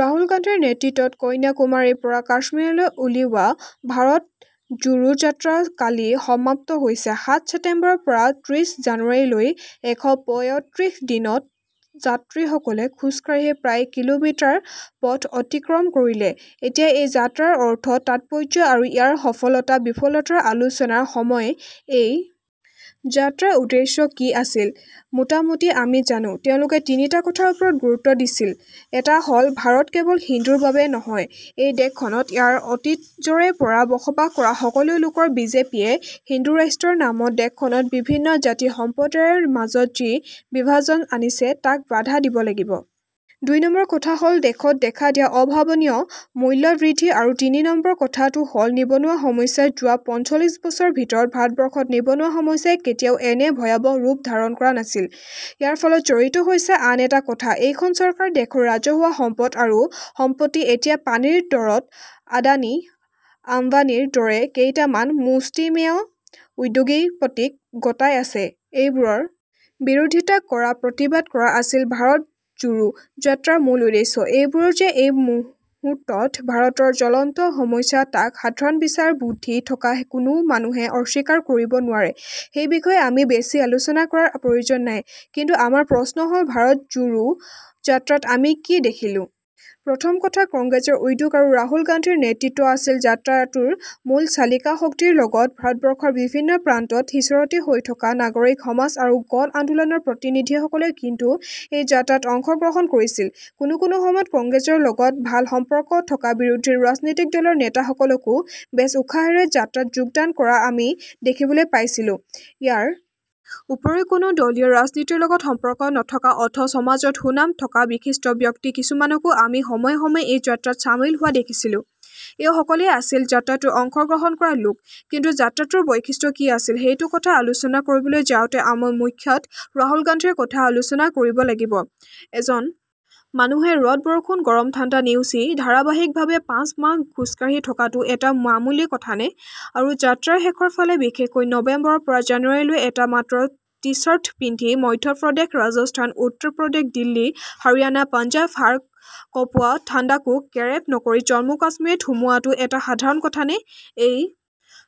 ৰাহুল গান্ধীৰ নেতৃত্বত কন্যাকুমাৰীৰ পৰা কাশ্মীৰলৈ উলিওৱা ভাৰত জোড়ো যাত্ৰা কালি সমাপ্ত হৈছে। সাত ছেপ্তেম্বৰৰ পৰা ত্ৰিছ জানুৱাৰীলৈ এশ পঁয়ত্ৰিছ দিনত যাত্ৰী সকলে খোজকাঢ়ি প্ৰায় কিলোমিটাৰ পথ অতিক্ৰম কৰিলে। এতিয়া এই যাত্ৰাৰ অৰ্থ তাৎপৰ্য আৰু ইয়াৰ সফলতা বিফলতাৰ আলোচনাৰ সময়। এই যাত্ৰাৰ উদ্দেশ্য কি আছিল ?মোটামোটি আমি জানো। তেওঁলোকে তিনিটা কথাৰ ওপৰত গুৰুত্ব দিছিল। এটা হ'ল ভাৰত কেৱল হিন্দুৰ বাবে নহয়, এই দেশখনত ইয়াত অতীজৰে পৰা বসবাস কৰা সকলো লোকৰ বিজেপিয়ে হিন্দুৰাষ্ট্ৰৰ নামত দেশখনত বিভিন্ন জাতি সম্প্ৰদায়ৰ মাজত যি বিভাজন আনিছে তাক বাধা দিব লাগিব। দুই নম্বৰ কথা হ'ল দেশত দেখা দিয়া অভাৱনীয় মূল্য বৃদ্ধি আৰু তিনি নম্বৰ কথাটো হ'ল নিবনুৱা সমস্যা যোৱা পঞ্চল্লিছ বছৰৰ ভিতৰত ভাৰতবৰ্ষত নিবনুৱা সমস্যাই কেতিয়াও এনে ভয়াবহ ৰূপ ধাৰণ কৰা নাছিল। ইয়াৰ ফলত জড়িত হৈছে আন এটা কথা এইখন চৰকাৰে দেশৰ ৰাজহুৱা সম্পদ আৰু সম্পত্তি এতিয়া পানীৰ দৰত আদানী আম্বানীৰ দৰে কেইটামান মুষ্টিমেয় উদ্যোগপতিক গতাই আছে। সেইবোৰৰ বিৰোধিতা কৰা প্ৰতিবাদ কৰা আছিল ভাৰত জোড়ো যাত্ৰাৰ মূল উদ্দেশ্য। এইবোৰ যে এই মুহূৰ্তত ভাৰতৰ জলন্ত সমস্যা তাক সাধাৰণ বিচাৰ বুদ্ধি থকা কোনো মানুহে অস্বীকাৰ কৰিব নোৱাৰে। সেই বিষয়ে আমি বেছি আলোচনা কৰাৰ প্ৰয়োজন নাই ,কিন্তু আমাৰ প্ৰশ্ন হ'ল ভাৰত জোড়ো যাত্ৰাত আমি কি দেখিলো? প্ৰথম কথা কংগ্ৰেছৰ উদ্যোগ আৰু ৰাহুল গান্ধীৰ নেতৃত্ব আছিল যাত্ৰাটোৰ মূল চালিকা শক্তিৰ লগত ভাৰতবৰ্ষৰ বিভিন্ন প্ৰান্তত সিঁচৰতি হৈ থকা নাগৰিক সমাজ আৰু গণ আন্দোলনৰ প্ৰতিনিধিসকলেও কিন্তু এই যাত্ৰাত অংশ গ্ৰহণ কৰিছিল। কোনো কোনো সময়ত কংগ্ৰেছৰ লগত ভাল সম্পৰ্ক থকা বিৰোধী ৰাজনৈতিক দলৰ নেতাসকলকো বেচ উৎসাহেৰে যাত্ৰাত যোগদান কৰা আমি দেখিবলৈ পাইছিলোঁ। ইয়াৰ উপৰিও কোনো দলীয় ৰাজনীতিৰ লগত সম্পৰ্ক নথকা অথচ সমাজত সুনাম থকা বিশিষ্ট ব্যক্তি কিছুমানকো আমি সময়ে-সময়ে এই যাত্ৰাত চামিল হোৱা দেখিছিলোঁ। এই সকলেই আছিল যাত্ৰাটোত অংশ গ্ৰহণ কৰা লোক। কিন্তু যাত্ৰাটোৰ বৈশিষ্ট্য কি আছিল সেইটো কথা আলোচনা কৰিবলৈ যাওঁতে আমি মুখ্যতঃ ৰাহুল গান্ধীৰ কথা আলোচনা কৰিব লাগিব। এজন মানুহে ৰ'দ বৰষুণ গৰম ঠাণ্ডা নেওচি ধাৰাবাহিকভাবে পাঁচ মাহ খোজকাঢ়ি থকাটো এটা মামুলি কথানে? আৰু যাত্ৰাৰ শেষৰ ফালে বিশেষকৈ নবেম্বৰৰ পৰা জানুৱাৰীলৈ এটা মাত্ৰ টিচাৰ্ট পিন্ধি মধ্যপ্ৰদেশ, ৰাজস্থান, উত্তৰ প্ৰদেশ, দিল্লী, হাৰিয়ানা, পঞ্জাৱৰ হাড় কপোৱা ঠাণ্ডাকো কেৰেপ নকৰি জন্মু-কাশ্মীৰত সোমোৱাটো এটা সাধাৰণ কথানে ?এই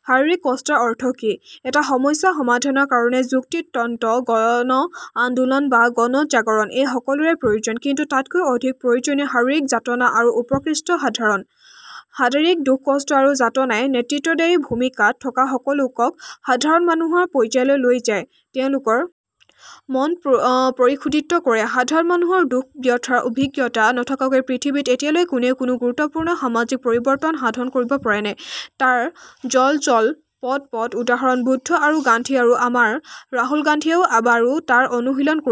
শাৰীৰিক কষ্টৰ অৰ্থ কি? এটা সমস্যা সমাধানৰ কাৰণে যুক্তি তত্ত্ব গণ আন্দোলন বা গণ জাগৰণ এই সকলোৰে প্ৰয়োজন। কিন্তু তাতকৈ অধিক প্ৰয়োজন শাৰীৰিক যাতনা আৰু উৎকৃষ্ট সাধনৰ। শাৰীৰিক দুখ-কষ্ট আৰু যাতনাই নেতৃত্বদায়ী ভূমিকাত থকা লোকসকলক সাধাৰণ মানুহৰ পৰ্যায়লৈ লৈ যায়। তেওঁলোকৰ মন পৰিশোধিত কৰে সাধাৰণ মানুহৰ দুখ-ব্যথাৰ অভিজ্ঞতা নথকাকৈ পৃথিৱীত এতিয়ালৈ কোনেও কোনো গুৰুত্বপূৰ্ণ সামাজিক পৰিবৰ্তন সাধন কৰিব পৰা নাই। তাৰ জল-জল পট-পট উদাহৰণ বুদ্ধ আৰু গান্ধী আৰু আমাৰ ৰাহুল গান্ধীয়েও বাৰু তাৰ অনুশীলন কৰিছে।